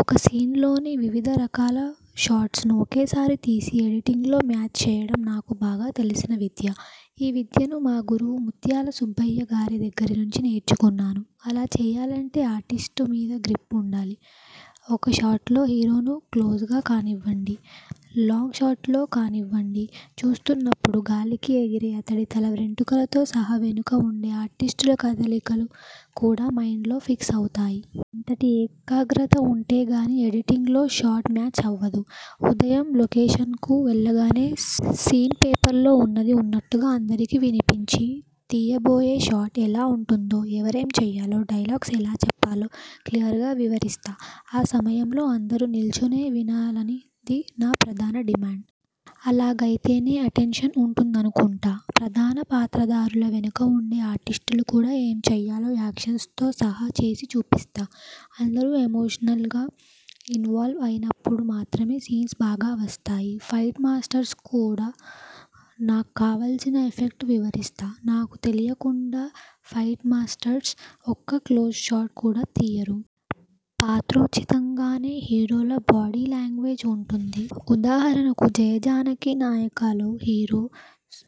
ఒక సీన్లోని వివిధ రకాల షాట్స్ను ఒకేసారి తీసి ఎడిటింగ్లో మ్యాచ్ చేయడం నాకు బాగా తెలిసిన విద్య. ఈ విద్యను మా గురువు ముత్యాల సుబ్బయ్యగారి దగ్గరి నుంచి నేర్చుకున్నాను. అలా చేయాలంటే ఆర్టిస్టు మీద గ్రిప్ ఉండాలి. ఒక షాట్లో హీరోను క్లోజ్గా కానివ్వండి, లాంగ్షాట్లో కానివ్వండి చూపిస్తున్నప్పుడు గాలికి ఎగిరే అతడి తల వెంట్రుకలతో సహా వెనుక ఉండే ఆర్టిస్టుల కదలికలు కూడా మైండ్లో ఫిక్స్ అవుతాయి. అంతటి ఏకాగ్రత ఉంటేగానీ ఎడిటింగ్లో షాట్ మ్యాచ్ అవ్వదు. ఉదయం లొకేషన్కు వెళ్లగానే సీన్ పేపర్స్లో ఉన్నది ఉన్నట్టుగా అందరికీ వినిపించి, తీయబోయే షాట్ ఎలా ఉంటుందో, ఎవరేం చేయాలో, డైలాగ్స్ ఎలా చెప్పాలో క్లియర్గా వివరిస్తా. ఆ సమయంలో అందరూ నిల్చునే వినాలనేది నా ప్రధాన డిమాండ్. అలాగైతేనే అటెన్షన్ ఉంటుందనుకుంటా. ప్రధాన పాత్రధారుల వెనుక ఉండే ఆర్టిస్టులు కూడా ఏం చేయాలో యాక్షన్తో సహా చేసి చూపిస్తా. అందరూ ఎమోషనల్గా ఇన్వాల్వ్ అయినప్పుడు మాత్రమే సీన్స్ బాగా వస్తాయి. ఫైట్ మాస్టర్స్కు కూడా నాక్కావాల్సిన ఎఫెక్ట్ను వివరిస్తా. నాకు తెలియకుండా ఫైట్మాస్టర్స్ ఒక్క క్లోజ్షాట్ కూడా తీయరు. పాత్రోచితంగానే హీరోల బాడీలాంగ్వేజ్ ఉంటుంది. ఉదాహరణకు 'జయ జానకి నాయక'లో హీరో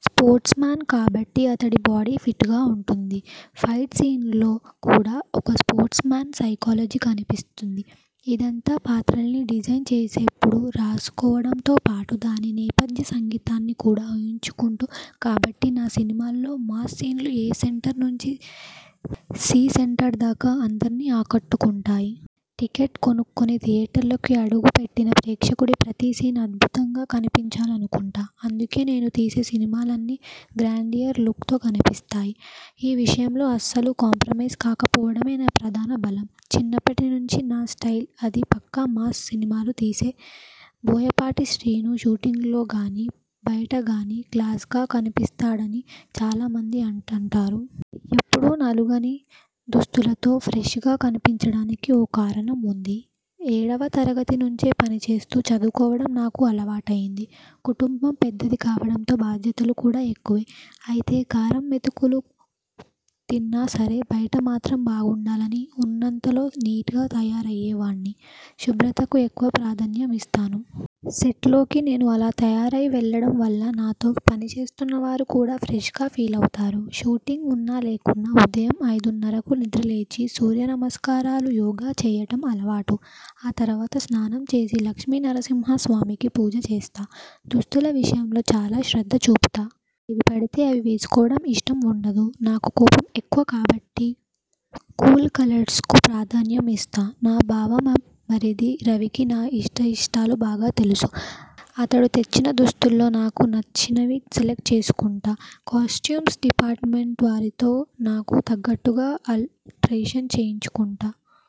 స్పోర్ట్స్మ్యాన్ కాబట్టి అతడి బాడీ ఫిట్గా ఉంటుంది. ఫైట్ సీన్స్లో కూడా ఒక స్పోర్ట్స్మ్యాన్ సైకాలజీ కనిపిస్తుంది. ఇదంతా పాత్రల్ని డిజైన్ చేసేప్పుడే రాసుకోవడంతో పాటు, దాని నేపథ్య సంగీతాన్ని కూడా ఊహించుకుంటా కాబట్టి నా సినిమాల్లో మాస్ సీన్లు ఏ సెంటర్ నుంచి సి సెంటర్దాకా అందర్నీ ఆకట్టుకుంటాయి. టికెట్ కొనుక్కుని థియేటర్లోకి అడుగు పెట్టిన ప్రేక్షకుడికి ప్రతీ సీన్ అద్భుతంగా కనిపించాలనుకుంటా. అందుకే నేను తీసే సినిమాలన్నీ గ్రాండియర్ లుక్తో కనిపిస్తాయి. ఈ విషయంలో అస్సలు కాంప్రమైజ్ కాకపోవడమే నా ప్రధాన బలం. చిన్నప్పటి నుంచి నా 'స్టయిలే' అది 'పక్కా మాస్ సినిమాలు తీసే బోయపాటి శ్రీను షూటింగ్లోగానీ, బయటగానీ క్లాస్గా కనిపిస్తాడ'ని చాలామంది అంటుంటారు. ఎప్పుడూ నలగని దుస్తులతో 'ఫ్రెష్'గా కనిపించడానికి ఓ కారణం ఉంది. ఏడవ తరగతి నుంచే పనిచేస్తూ చదువుకోవడం నాకు అలవాటైంది. కుటుంబం పెద్దది కావడంతో బాధ్యతలు కూడా ఎక్కువే. అయితే కారం మెతుకులు తిన్నా సరే బయట మాత్రం బాగుండాలని, ఉన్నంతలో నీట్గా తయారయ్యేవాణ్ణి. శుభ్రతకు ఎక్కువ ప్రాధాన్యం ఇస్తాను. సెట్లోకి నేను అలా తయారై వెళ్లడం వల్ల నాతో పనిచేస్తున్నవారు కూడా ఫ్రెష్గా ఫీలవుతారు. షూటింగ్ ఉన్నా లేకున్నా ఉదయం ఐదున్నరకు నిద్రలేచి, సూర్య నమస్కారాలు, యోగా చేయడం అలవాటు. ఆ తర్వాత స్నానం చేసి లక్ష్మీనరసింహస్వామికి పూజ చేస్తా. దుస్తుల విషయంలో చాలా శ్రద్ధ చూపుతా. ఏవి పడితే అవి వేసుకోవడం ఇష్టం ఉండదు. నాకు కోపం ఎక్కువ కాబట్టి, కూల్కలర్స్కు ప్రాధాన్యం ఇస్తా. నా బావమరిది రవికి నా ఇష్టాయిష్టాలు బాగా తెలుసు. అతడు తెచ్చిన దుస్తుల్లో నాకు నచ్చినవి సెలెక్ట్ చేసుకుంటా. కాస్ట్యూమ్స్ డిపార్ట్మెంట్వారితో నాకు తగ్గట్టుగా ఆలే్ట్రషన్ చేయించుకుంటా.